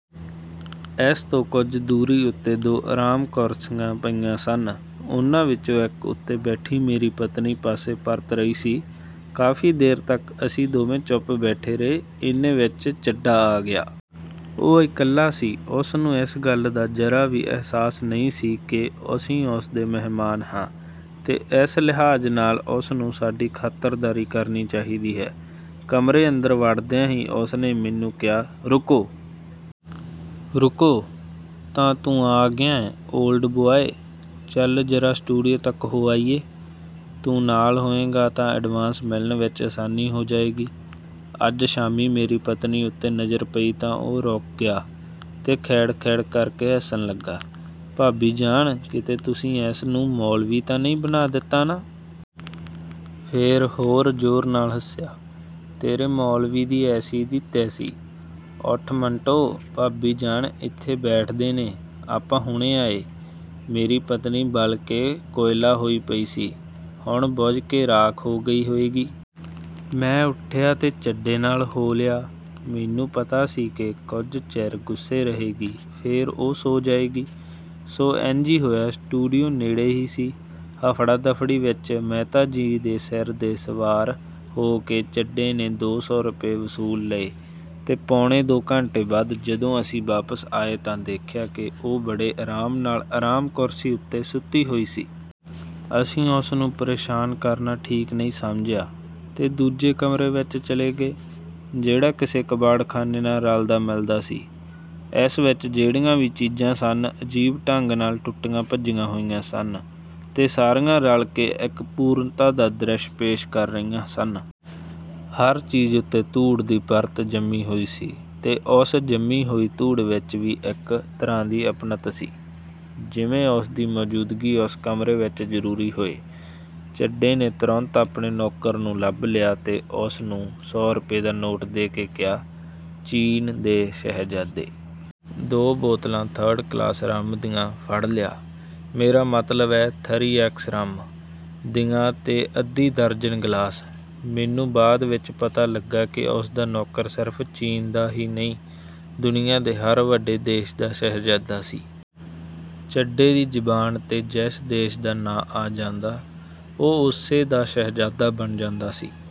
ਇਸ ਤੋਂ ਕੁਝ ਦੂਰੀ ਉੱਤੇ ਦੋ ਆਰਾਮ ਕੁਰਸੀਆਂ ਪਈਆਂ ਸਨ, ਉਹਨਾਂ ਵਿਚੋਂ ਇਕ ਉੱਤੇ ਬੈਠੀ ਮੇਰੀ ਪਤਨੀ ਪਾਸੇ ਪਰਤ ਰਹੀ ਸੀ। ਕਾਫੀ ਦੇਰ ਤਕ ਅਸੀਂ ਦੋਵੇਂ ਚੁੱਪ ਬੈਠੇ ਰਹੇ; ਏਨੇ ਵਿਚ ਚੱਡਾ ਆ ਗਿਆ। ਉਹ ਇਕੱਲਾ ਸੀ। ਉਸਨੂੰ ਇਸ ਗੱਲ ਦਾ ਜ਼ਰਾ ਵੀ ਅਹਿਸਾਸ ਨਹੀਂ ਸੀ ਕਿ ਅਸੀਂ ਉਸਦੇ ਮਹਿਮਾਨ ਹਾਂ ਤੇ ਇਸ ਲਿਹਾਜ਼ ਨਾਲ ਉਸਨੂੰ ਸਾਡੀ ਖਾਤਰਦਾਰੀ ਕਰਨੀ ਚਾਹੀਦੀ ਹੈ। ਕਮਰੇ ਅੰਦਰ ਵੜਦਿਆਂ ਹੀ ਉਸਨੇ ਮੈਨੂੰ ਕਿਹਾ, "ਰੁਕੋ! ਰੁਕੋ! ਤਾਂ ਤੂੰ ਆ ਗਿਐਂ ਓਲਡ ਬੁਆਏ! ਚੱਲ ਜ਼ਰਾ ਸਟੂਡੀਓ ਤਕ ਹੋ ਆਈਏ। ਤੂੰ ਨਾਲ ਹੋਏਂਗਾ ਤਾਂ ਐਡਵਾਂਸ ਮਿਲਣ ਵਿਚ ਆਸਾਨੀ ਹੋ ਜਾਏਗੀ। ਅੱਜ ਸ਼ਾਮੀਂ "ਮੇਰੀ ਪਤਨੀ ਉੱਤੇ ਨਜ਼ਰ ਪਈ ਤਾਂ ਉਹ ਰੁਕ ਗਿਆ ਤੇ ਖਿੜ-ਖਿੜ ਕਰਕੇ ਹੱਸਣ ਲੱਗਾ, "ਭਾਬੀ ਜਾਨ, ਕਿਤੇ ਤੁਸੀਂ ਇਸਨੂੰ ਮੌਲਵੀ ਤਾਂ ਨਹੀਂ ਬਣਾ ਦਿੱਤਾ ਨਾ? " ਫੇਰ ਹੋਰ ਜ਼ੋਰ ਨਾਲ ਹੱਸਿਆ, "ਤੇਰੇ ਮੌਲਵੀ ਦੀ ਐਸੀ ਦੀ ਤੈਸੀ! ਉੱਠ ਮੰਟੋ, ਭਾਬੀ ਜਾਨ ਇੱਥੇ ਬੈਠਦੇ ਨੇ, ਆਪਾਂ ਹੁਣੇ ਆਏ। " ਮੇਰੀ ਪਤਨੀ ਬਲ ਕੇ ਕੋਇਲਾ ਹੋਈ ਪਈ ਸੀ, ਹੁਣ ਬੁਝ ਕੇ ਰਾਖ ਹੋ ਗਈ ਹੋਏਗੀ। ਮੈਂ ਉੱਠਿਆ ਤੇ ਚੱਡੇ ਨਾਲ ਹੋ ਲਿਆ। ਮੈਨੂੰ ਪਤਾ ਸੀ ਕਿ ਕੁਝ ਚਿਰ ਗੁੱਸੇ ਰਹੇਗੀ ਫੇਰ ਉਹ ਸੌਂ ਜਾਏਗੀ। ਸੋ ਇੰਜ ਹੀ ਹੋਇਆ। ਸਟੂਡੀਓ ਨੇੜੇ ਹੀ ਸੀ। ਹਫ਼ੜਾ-ਦਫ਼ੜੀ ਵਿਚ ਮਹਿਤਾ ਜੀ ਦੇ ਸਿਰ 'ਤੇ ਸਵਾਰ ਹੋ ਕੇ ਚੱਢੇ ਨੇ ਦੋ ਸੌ ਰੁਪਏ ਵਸੂਲ ਲਏ ਤੇ ਪੌਣੇ ਦੋ ਘੰਟੇ ਬਾਅਦ ਜਦੋਂ ਅਸੀਂ ਵਾਪਸ ਆਏ ਤਾਂ ਦੇਖਿਆ ਕਿ ਉਹ ਬੜੇ ਆਰਾਮ ਨਾਲ, ਆਰਾਮ ਕੁਰਸੀ ਉੱਤੇ ਸੁੱਤੀ ਹੋਈ ਸੀ। ਅਸੀਂ ਉਸਨੂੰ ਪ੍ਰੇਸ਼ਾਨ ਕਰਨਾ ਠੀਕ ਨਹੀਂ ਸਮਝਿਆ ਤੇ ਦੂਜੇ ਕਮਰੇ ਵਿਚ ਚਲੇ ਗਏ, ਜਿਹੜਾ ਕਿਸੇ ਕਬਾੜਖਾਨੇ ਨਾਲ ਰਲਦਾ-ਮਿਲਦਾ ਸੀ। ਇਸ ਵਿਚ ਜਿਹੜੀਆਂ ਵੀ ਚੀਜ਼ਾਂ ਸਨ, ਅਜੀਬ ਢੰਗ ਨਾਲ ਟੁੱਟੀਆਂ-ਭੱਜੀਆਂ ਹੋਈਆਂ ਸਨ ਤੇ ਸਾਰੀਆਂ ਰਲ ਕੇ ਇਕ ਪੂਰਨਤਾ ਦਾ ਦ੍ਰਿਸ਼ ਪੇਸ਼ ਕਰ ਰਹੀਆਂ ਸਨ। ਹਰ ਚੀਜ਼ ਉੱਤੇ ਧੂੜ ਦੀ ਪਰਤ ਜੰਮੀ ਹੋਈ ਸੀ ਤੇ ਉਸ ਜੰਮੀ ਹੋਈ ਧੂੜ ਵਿਚ ਵੀ ਇਕ ਤਰ੍ਹਾਂ ਦੀ ਅਪਣੱਤ ਸੀ, ਜਿਵੇਂ ਉਸਦੀ ਮੌਜ਼ੂਦਗੀ ਉਸ ਕਮਰੇ ਵਿਚ ਜਰੂਰੀ ਹੋਏ। ਚੱਡੇ ਨੇ ਤੁਰੰਤ ਆਪਣੇ ਨੌਕਰ ਨੂੰ ਲੱਭ ਲਿਆ ਤੇ ਉਸਨੂੰ ਸੌ ਰੁਪਏ ਦਾ ਨੋਟ ਦੇ ਕੇ ਕਿਹਾ, "ਚੀਨ ਦੇ ਸ਼ਹਿਜ਼ਾਦੇ! ਦੋ ਬੋਤਲਾਂ ਥਰਡ ਕਲਾਸ ਰੰਮ ਦੀਆਂ ਫੜ ਲਿਆ। ਮੇਰਾ ਮਤਲਬ ਏ, 'ਥਰੀ ਐਕਸ ਰੰਮ' ਦੀਆਂ ਤੇ ਅੱਧੀ ਦਰਜਨ ਗਿਲਾਸ। " ਮੈਨੂੰ ਬਾਅਦ ਵਿਚ ਪਤਾ ਲੱਗਾ ਕਿ ਉਸਦਾ ਨੌਕਰ ਸਿਰਫ ਚੀਨ ਦਾ ਹੀ ਨਹੀਂ, ਦੁਨੀਆਂ ਦੇ ਹਰ ਵੱਡੇ ਦੇਸ਼ ਦਾ ਸ਼ਹਿਜ਼ਾਦਾ ਸੀ। ਚੱਡੇ ਦੀ ਜ਼ਬਾਨ 'ਤੇ ਜਿਸ ਦੇਸ਼ ਦਾ ਨਾਂਅ ਆ ਜਾਂਦਾ, ਉਹ ਉਸੇ ਦਾ ਸ਼ਹਿਜ਼ਾਦਾ ਬਣ ਜਾਂਦਾ ਸੀ।